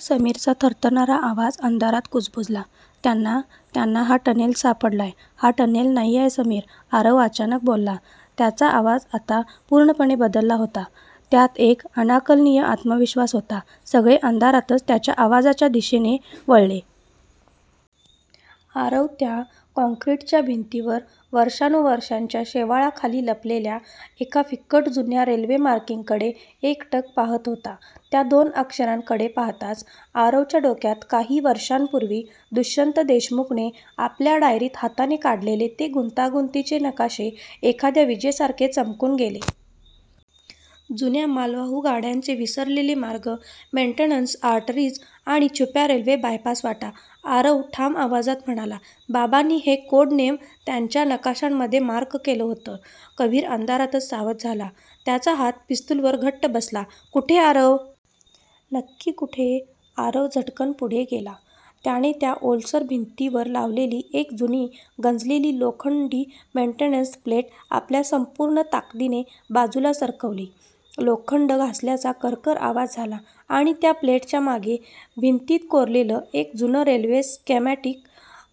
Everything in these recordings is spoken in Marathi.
समीरचा थरथरणारा आवाज अंधारात कुजबुजला, "त्यांना त्यांना हा टनेल सापडलाय. हा टनेल नाहीये समीर", आरव अचानक बोलला. त्याचा आवाज आता पूर्णपणे बदलला होता. त्यात एक अनाकलनीय आत्मविश्वास होता. सगळे अंधारातच त्याच्या आवाजाच्या दिशेने वळले. आरव त्या काँक्रीटच्या भिंतीवर वर्षांनुवर्षांच्या शेवाळाखाली लपलेल्या एका फिकट, जुन्या रेल्वे मार्किंगकडे एकटक पाहत होता. त्या दोन अक्षरांकडे पाहताच आरवच्या डोक्यात काही वर्षांपूर्वी दुष्यंत देशमुखने आपल्या डायरीत हाताने काढलेले ते गुंतागुंतीचे नकाशे एखाद्या विजेसारखे चमकून गेले. जुन्या मालवाहू गाड्यांचे विसरलेले मार्ग मेंटेनन्स आर्टरीज आणि छुप्या रेल्वे बायपास वाटा. आरव ठाम आवाजात म्हणाला,"बाबांनी हे कोड नेम त्यांच्या नकाशामध्ये मार्क केलं होतं." कबीर अंधारातच सावध झाला, त्याचा हात पिस्तुलवर घट्ट बसला, "कुठे आरव? नक्की कुठे?" आरव झटकन पुढे गेला. त्याने त्या ओलसर भिंतीवर लावलेली एक जुनी, गंजलेली लोखंडी मेंटेनन्स प्लेट आपल्या संपूर्ण ताकदीने बाजूला सरकवली. लोखंड घासल्याचा करकर आवाज झाला आणि त्या प्लेटच्या मागे भिंतीत कोरलेलं एक जुनं रेल्वे स्केमॅटिक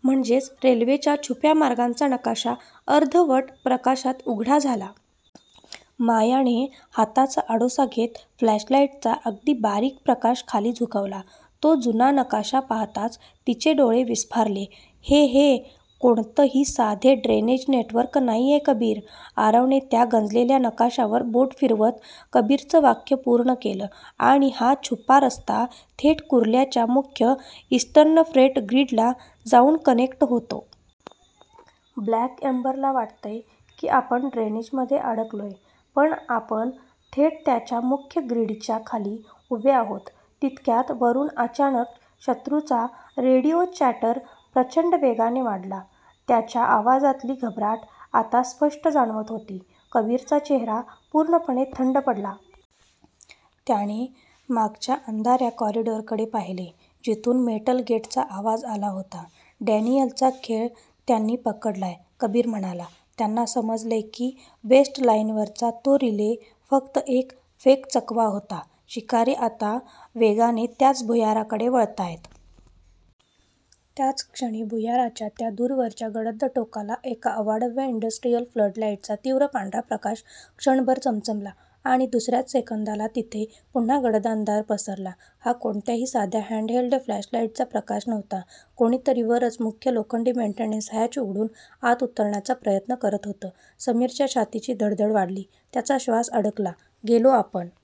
म्हणजेच रेल्वेच्या छुप्या मार्गांचा नकाशा अर्धवट प्रकाशात उघडा झाला. मायाने हाताचा आडोसा घेत फ्लॅशलाईटचा अगदी बारीक प्रकाश खाली झुकवला. तो जुना नकाशा पाहताच तिचे डोळे विस्फारले, "हे हे कोणतंही साधे ड्रेनेज नेटवर्क नाहीये कबीर" आरवने त्या गंजलेल्या नकाशावर बोट फिरवत कबीरचं वाक्य पूर्ण केलं, आणि हा छुपा रस्ता थेट कुर्ल्याच्या मुख्य 'ईस्टर्न फ्रेट ग्रिड'ला जाऊन कनेक्ट होतो. ब्लॅक एम्बरला वाटतंय की आपण ड्रेनेजमध्ये अडकलोय, पण आपण थेट त्यांच्या मुख्य ग्रिडच्या खाली उभे आहोत. तितक्यात वरून अचानक शत्रूचा रेडिओ चॅटर प्रचंड वेगाने वाढला. त्यांच्या आवाजातली घबराट आता स्पष्ट जाणवत होती. कबीरचा चेहरा पूर्णपणे थंड पडला. त्याने मागच्या अंधाऱ्या कॉरिडॉरकडे पाहिले, जिथून मेटल गेटचा आवाज आला होता. "डॅनियलचा खेळ त्यांनी पकडलाय," कबीर म्हणाला. "त्यांना समजलंय की वेस्ट लाईनवरचा तो रिले फक्त एक फेक चकवा होता. शिकारी आता वेगाने याच भुयाराकडे वळतायत." त्याच क्षणी भुयाराच्या त्या दूरवरच्या गडद टोकाला एका अवाढव्य इंडस्ट्रियल फ्लडलाईटचा तीव्र पांढरा प्रकाश क्षणभर चमचमला आणि दुसऱ्याच सेकंदाला तिथे पुन्हा गडद अंधार पसरला. हा कोणत्याही साध्या हँड-हेल्ड फ्लॅशलाईटचा प्रकाश नव्हता. कोणीतरी वरचं मुख्य लोखंडी मेन्टेनन्स हॅच उघडून आत उतरण्याचा प्रयत्न करत होतं. समीरच्या छातीची धडधड वाढली, त्याचा श्वास अडकला, गेलो आपण